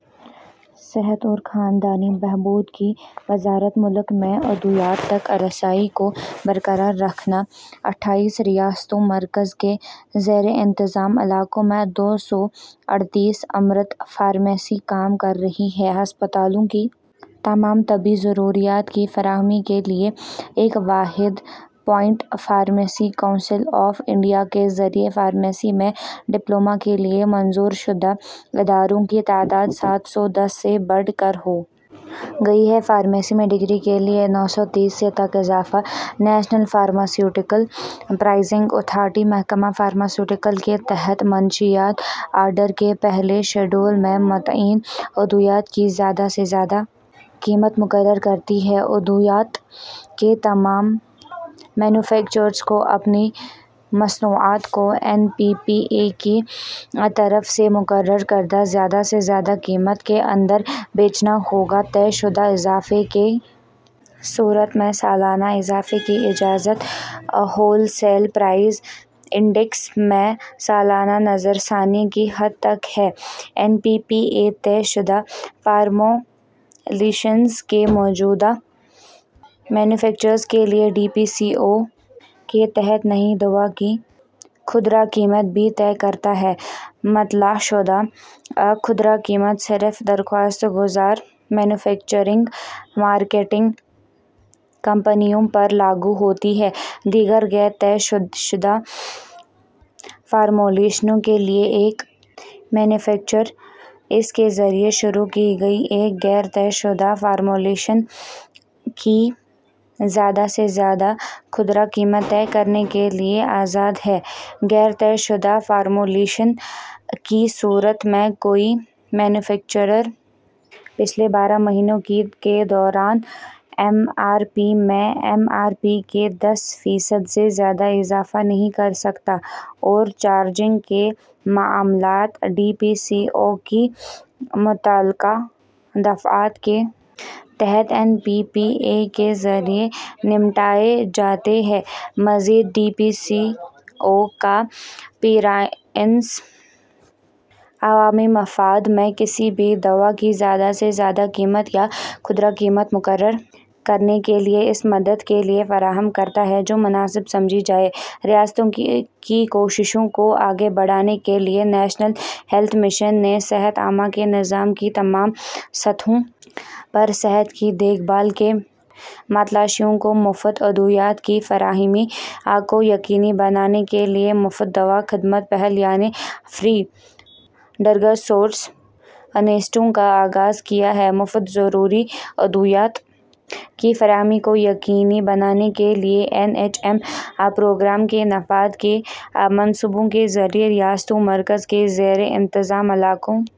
صحت اور خاندانی بہبود کی وزارت ملک میں ادویات تک رسائی کو برقرار رکھنا اٹھائیس ریاستوں مرکز کے زیر انتظام علاقوں میں دو سو اڑتیس امرت فارمیسی کام کر رہی ہے ہسپتالوں کی تمام طبی ضروریات کی فراہمی کے لیے ایک واحد point pharmacy council of India کے ذریعہ فارمیسی میں ڈپلومہ کے لیے منظور شدہ اداروں کی تعداد سات سو دس سے بڑھ کر ہو گئی ہے فارمیسی میں ڈگری کے لیے نو سو تیس سے تک اضافہ نیشنل فارماسیوٹیکل پرائسنگ اتھارٹی محکمہ فارماسیوٹیکل کے تحت منشیات آرڈر کے پہلے شیڈول میں متعین ادویات کی زیادہ سے زیادہ قیمت مقرر کرتی ہے ادویات کے تمام مینوفیکچررز کو اپنی مصنوعات کو این پی پی اے کی طرف سے مقرر کردہ زیادہ سے زیادہ قیمت کے اندر بیچنا ہوگا طے شدہ اضافے کی صورت میں سالانہ اضافے کی اجازت ہول سیل پرائس انڈیکس میں سالانہ نظرثانی کی حد تک ہے این پی پی اے طے شدہ فارمولیشنز کے موجودہ مینوفیکچررز کے لیے ڈی پی سی او کے تحت نئی دوا کی خوردہ قیمت بھی طے کرتا ہے مطلع شدہ خوردہ قیمت صرف درخواست گزار مینوفیکچرنگ مارکیٹنگ کمپنیوں پر لاگو ہوتی ہے دیگر غیر طے شدہ فارمولیشنوں کے لیے ایک مینوفیکچرر اس کے ذریعہ شروع کی گئی ایک غیر طے شدہ فارمولیشن کی زیادہ سے زیادہ خوردہ قیمت طے کرنے کے لیے آزاد ہے غیر طے شدہ فارمولیشن کی صورت میں کوئی مینوفیکچرر پچھلے بارہ مہینوں کے دوران ایم آر پی میں ایم آر پی کے دس فیصد سے زیادہ اضافہ نہیں کر سکتا اوور چارجنگ کے معاملات ڈی پی سی او کی متعلقہ دفعات کے تحت این پی پی اے کے ذریعے نمٹائے جاتے ہیں مزید ڈی پی سی او کا پیرا انیس عوامی مفاد میں کسی بھی دوا کی زیادہ سے زیادہ قیمت یا خوردہ قیمت مقرر کرنے کے لیے اس مدت کے لیے فراہم کرتا ہے جو مناسب سمجھی جائے ریاستوں کی کوششوں کو آگے بڑھانے کے لیے نیشنل ہیلتھ مشن نے صحت عامہ کے نظام کی تمام سطحوں پر صحت کی دیکھ بھال کے متلاشیوں کو مفت ادویات کی فراہمی کو یقینی بنانے کے لیے مفت دوا خدمت پہل یعنی فری ڈرگز سروس انیشیٹو کا آغاز کیا ہے مفت ضروری ادویات کی فراہمی کو یقینی بنانے کے لیے این ایچ ایم پروگرام کے نفاذ کے منصوبوں کے ذریعے ریاستوں مرکز کے زیر انتظام علاقوں